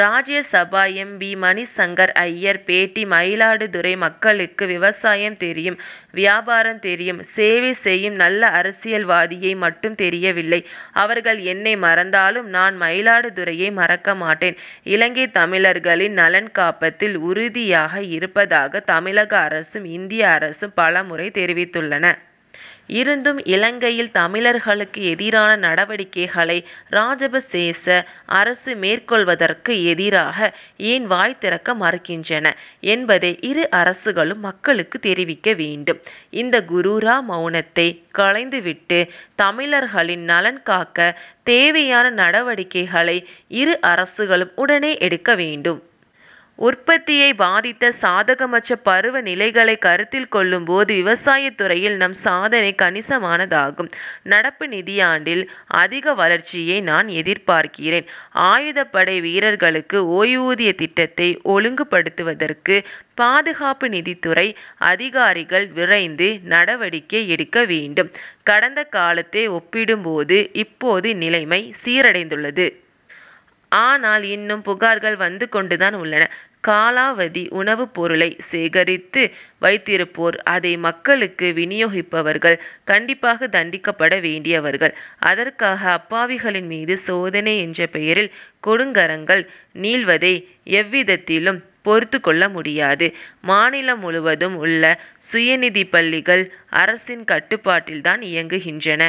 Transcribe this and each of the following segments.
ராஜ்ய Sabha M. P. Mani Shankar Aiyar பேட்டி மயிலாடுதுறை மக்களுக்கு விவசாயம் தெரியும் வியாபாரம் தெரியும். சேவை செய்யும் நல்ல அரசியல்வாதியை மட்டும் தெரியவில்லை. அவர்கள் என்னை மறந்தாலும் நான் மயிலாடுதுறையை மறக்க மாட்டேன். இலங்கைத் தமிழர்களின் நலன் காப்பதில் உறுதியாக இருப்பதாக தமிழக அரசும் இந்திய அரசும் பல முறை தெரிவித்துள்ளன. இருந்தும் இலங்கையில் தமிழர்களுக்கு எதிரான நடவடிக்கைகளை ராஜபக்ஷே அரசு மேற்கொள்வதற்கு எதிராக ஏன் வாய் திறக்க மறுக்கின்றன என்பதை இரு அரசுகளும் மக்களுக்கு தெரிவிக்க வேண்டும். இந்த குரூர மவுனத்தை களைந்துவிட்டு தமிழர்களின் நலன் காக்க தேவையான நடவடிக்கைகளை இரு அரசுகளும் உடனே எடுக்க வேண்டும். உற்பத்தியை பாதித்த சாதகமற்ற பருவ நிலைகளை கருத்தில் கொள்ளும் போது விவசாயத் துறையில் நம் சாதனை கணிசமானதாகும். நடப்பு நிதியாண்டில் அதிக வளர்ச்சியை நான் எதிர்பார்க்கிறேன். ஆயுதப்படை வீரர்களுக்கு ஓய்வூதிய திட்டத்தை ஒழுங்குப்படுத்துவதற்கு பாதுகாப்பு நிதித்துறை அதிகாரிகள் விரைந்து நடவடிக்கை எடுக்க வேண்டும். கடந்த காலத்தை ஒப்பிடும் போது இப்போது நிலைமை சீரடைந்துள்ளது. ஆனால் இன்னும் புகார்கள் வந்து கொண்டுதான் உள்ளன. காலாவதி உணவுப் பொருளை சேகரித்து வைத்திருப்போர் அதை மக்களுக்கு வினியோகிப்பவர்கள் கண்டிப்பாக தண்டிக்கப்பட வேண்டியவர்கள். அதற்காக அப்பாவிகளின் மீது சோதனை என்ற பெயரில் கொடுங்கரங்கள் நீள்வதை எவ்விதத்திலும் பொறுத்துக் கொள்ள முடியாது. மாநிலம் முழுவதும் உள்ள சுயநிதிப் பள்ளிகள் அரசின் கட்டுப்பாட்டில் தான் இயங்குகின்றன.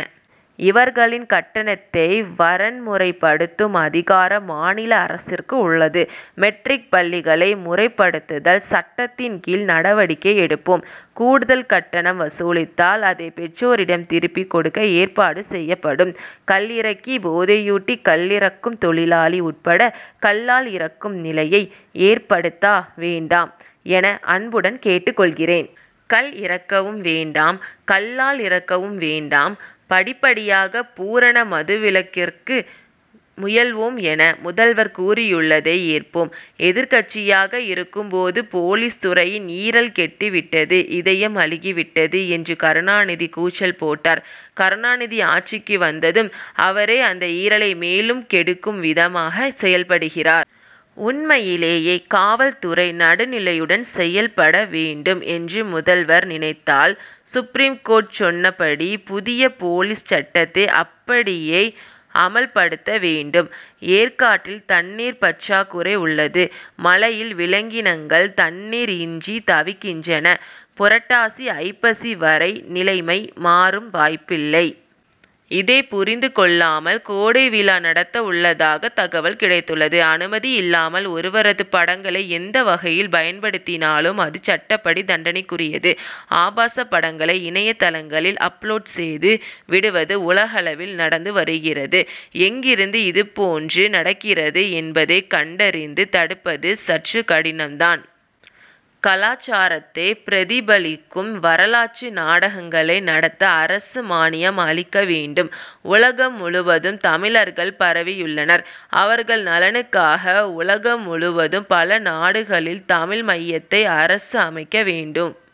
இவர்களின் கட்டணத்தை வரன்முறைப்படுத்தும் அதிகாரம் மாநில அரசிற்கு உள்ளது. மெட்ரிக் பள்ளிகளை முறைப்படுத்துதல் சட்டத்தின் கீழ் நடவடிக்கை எடுப்போம். கூடுதல் கட்டணம் வசூலித்தால் அதைப் பெற்றோரிடம் திருப்பிக் கொடுக்க ஏற்பாடு செய்யப்படும். கள் இறக்கி போதையூட்டி கள் இறக்கும் தொழிலாளி உட்பட கள்ளால் இறக்கும் நிலையை ஏற்படுத்த வேண்டாம் என அன்புடன் கேட்டுக் கொள்கிறேன். கள் இறக்கவும் வேண்டாம் கள்ளால் இறக்கவும் வேண்டாம். படிப்படியாக பூரண மதுவிலக்கிற்கு முயல்வோம் என முதல்வர் கூறியுள்ளதை ஏற்போம். எதிர்க்கட்சியாக இருக்கும் போது போலீஸ் துறையின் ஈரல் கெட்டுவிட்டது இதயம் அழுகிவிட்டது என்று கருணாநிதி கூச்சல் போட்டார். கருணாநிதி ஆட்சிக்கு வந்ததும் அவரே அந்த ஈரலை மேலும் கெடுக்கும் விதமாக செயல்படுகிறார். உண்மையிலேயே காவல் துறை நடுநிலையுடன் செயல்பட வேண்டும் என்று முதல்வர் நினைத்தால் சுப்ரீம் கோர்ட் சொன்னபடி புதிய போலீஸ் சட்டத்தை அப்படியே அமல்படுத்த வேண்டும். ஏற்காட்டில் தண்ணீர் பற்றாக்குறை உள்ளது. மலையில் விலங்கினங்கள் தண்ணீர் இன்றி தவிக்கின்றன. புரட்டாசி ஐப்பசி வரை நிலைமை மாறும் வாய்ப்பில்லை. இதை புரிந்து கொள்ளாமல் கோடை விழா நடத்த உள்ளதாக தகவல் கிடைத்துள்ளது. அனுமதியில்லாமல் ஒருவரது படங்களை எந்த வகையில் பயன்படுத்தினாலும் அது சட்டப்படி தண்டனைக்குரியது. ஆபாசப் படங்களை இணைய தளங்களில் அப்லோட் செய்து விடுவது உலகளவில் நடந்து வருகிறது. எங்கிருந்து இதுபோன்று நடக்கிறது என்பதை கண்டறிந்து தடுப்பது சற்று கடினம் தான். கலாசாரத்தை பிரதிபலிக்கும் வரலாற்று நாடகங்களை நடத்த அரசு மானியம் அளிக்க வேண்டும். உலகம் முழுவதும் தமிழர்கள் பரவியுள்ளனர். அவர்கள் நலனுக்காக உலகம் முழுவதும் பல நாடுகளில் தமிழ் மையத்தை அரசு அமைக்க வேண்டும்.